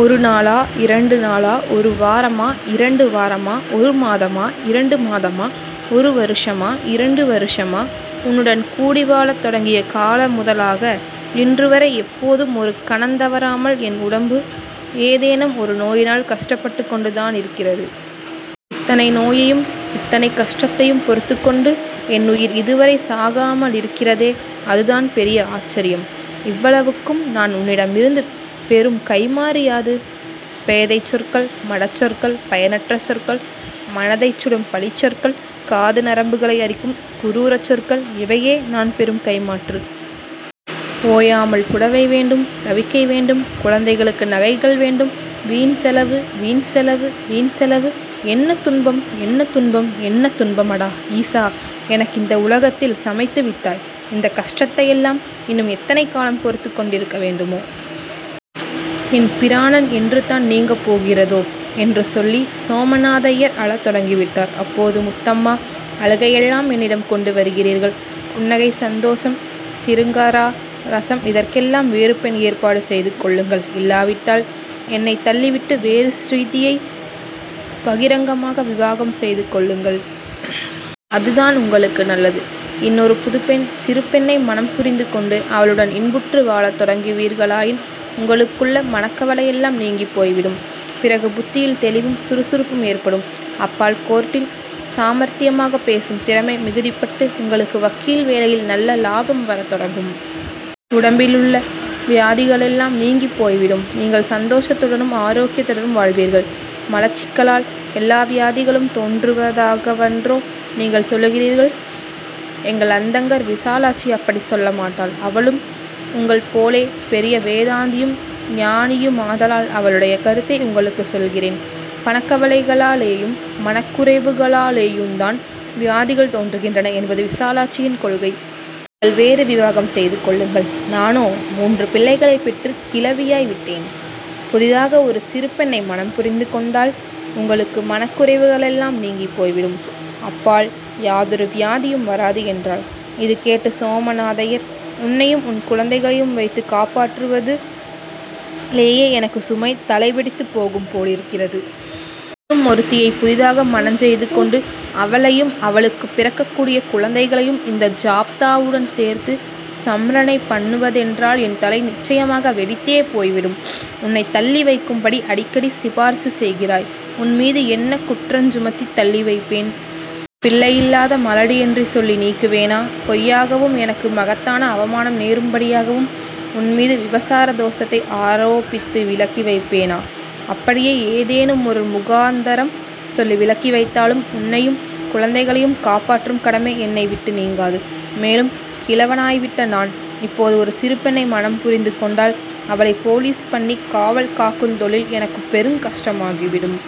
ஒரு நாளா, இரண்டு நாளா, ஒரு வாரமா, இரண்டு வாரமா, ஒரு மாதமா, இரண்டு மாதமா, ஒரு வருஷமா, இரண்டு வருஷமா, உன்னுடன் கூடி வாழத் தொடங்கிய கால முதலாக இன்றுவரை எப்போதும், ஒரு கணந் தவறாமல் என் உடம்பு ஏதேனம் ஒரு நோயினால் கஷ்டப்பட்டுக் கொண்டு தானிருக்கிறது. இத்தனை நோயையும் இத்தனை கஷ்டத்தையும் பொறுத்துக்கொண்டு என் உயிர் இதுவரை சாகாமலிருக்கிறதே, அதுதான் பெரிய ஆச்சரியம். இவ்வளவுக்கும் நான் உன்னிடமிருந்து பெறும் கைம்மாறு யாது? பேதைச் சொற்கள், மடச்சொற்கள், பயனற்ற சொற்கள், மனதைச் சுடும் பழிச் சொற்கள், காது நரம்புகளை அறுக்கும் குரூரச் சொற்கள், இவையே நான் பெறும் கைம்மாறு. ஓயாமல் 'புடவை வேண்டும்', 'ரவிக்கை வேண்டும்', 'குழந்தைகளுக்கு நகைகள் வேண்டும்',- வீண் செலவு! வீண் செலவு! வீண் செலவு! என்ன துன்பம், என்ன துன்பம்! என்ன துன்பமடா, ஈசா! எனக்கிந்த உலகத்தில் சமைத்து விட்டாய்! இந்தக் கஷ்டத்தையெல்லாம் இன்னும் எத்தனை காலம் பொறுத்துக் கொண்டிருக்க வேண்டுமோ? என் பிராணன் என்றுதான் நீங்கப் போகிறதோ? '' என்று சொல்லி சோமநாதய்யர் அழத் தொடங்கிவிட்டார். அப்போது முத்தம்மா:- ''அழுகையெல்லாம் என்னிடம் கொண்டு வருகிறீர்கள். புன்னகை, சந்தோஷம், சிருங்கார ரஸம் இதற்கெல்லாம் வேறு பெண் ஏற்பாடு செய்துகொள்ளுங்கள். இல்லாவிட்டால் என்னைத் தள்ளிவிட்டு வேறு ஸ்திரீயை பகிரங்கமாக விவாகம் செய்துகொள்ளுங்கள். அதுதான் உங்களுக்கு நல்லது. இன்னொரு புதுப்பெண்-சிறு பெண்ணை மணம் புரிந்துகொண்டு அவளுடன் இன்புற்று வாழத் தொடங்குவீர்களாயின் உங்களுக்குள்ள மனக்கவலையெல்லாம் நீங்கிப் போய்விடும். பிறகு புத்தியில் தெளிவும் சுறுசுறுப்பும் ஏற்படும். அப்பால் கோர்ட்டில் சாமர்த்தியமாகப் பேசும் திறமை மிகுதிப்பட்டு, உங்களுக்கு வக்கீல் வேலையில் நல்ல லாபம் வரத் தொடங்கும். உடம்பிலுள்ள வியாதிகளெல்லாம் நீங்கிப் போய்விடும். நீங்கள் சந்தோஷத்துடனும் ஆரோக்கியத்துடனும் வாழ்வீர்கள். மலச்சிக்கலால் எல்லா வியாதிகளும் தோன்றுவதாகவன்றோ நீங்கள் சொல்லுகிறீர்கள். எங்கள் அத்தங்கார் விசாலாட்சி அப்படிச் சொல்லமாட்டாள். அவளும் உங்கள் போலே பெரிய வேதாந்தியும் ஞானியுமாதலால் அவளுடைய கருத்தை உங்களுக்குச் சொல்லுகிறேன். பணக்கவலைகளாலேயும் மனக்குறைவுகளாலேயுந்தான் வியாதிகள் தோன்றுகின்றன என்பது விசாலாட்சியின் கொள்கை. நீங்கள் வேறு விவாகம் செய்து கொள்ளுங்கள். நானோ மூன்றுப் பிள்ளைகளைப் பெற்றுக் கிழவியாய் விட்டேன். புதிதாக ஒரு சிறு பெண்ணை மணம் புரிந்து கொண்டால் உங்களுக்கு மனக்குறைவுகளெல்லாம் நீங்கிப் போய்விடும். அப்பால் யாதொரு வியாதியும் வராது'' என்றாள். இது கேட்டு சோமநாதய்யர்:- ''உன்னையும் உன் குழந்தைகளையும் வைத்துக் காப்பாற்றுவதிலேயே எனக்குச் சுமை தலை வெடித்துப் போகும் போலிருக்கிறது. இன்னும் ஒருத்தியைப் புதிதாக மணஞ் செய்து கொண்டு அவளையும் அவளுக்குப் பிறக்கக்கூடிய குழந்தைகளையும் இந்த ஜாப்தாவுடன் சேர்த்து சம்ர ணை பண்ணுவதென்றால் என் தலை நிச்சயமாக வெடித்தே போய்விடும். உன்னைத் தள்ளி வைக்கும்படி அடிக்கடி சிபார்சு செய்கிறாய். உன்மீது என்ன குற்றஞ் சுமத்தித் தள்ளி வைப்பேன்? பிள்ளையில்லாத மலடியென்று சொல்லி நீக்குவேனா? பொய்யாகவும், எனக்கு மகத்தான அவமானம் நேரும்படியாகவும் உன்மீது விபசார தோஷத்தை ஆரோபித்து விலக்கி வைப்பேனா? அப்படியே ஏதேனுமொரு முகாந்தரம் சொல்லி விலக்கி வைத்தாலும் உன்னையும் குழந்தைகளையும் காப்பாற்றும் கடமை என்னை விட்டு நீங்காது. மேலும் கிழவனாய்விட்ட நான் இப்போது ஒரு சிறு பெண்ணை மணம் புரிந்து கொண்டால் அவளைப் போலீஸ் பண்ணிக் காவல் காக்குந் தொழில் எனக்குப் பெருங் கஷ்டமாகிவிடும்.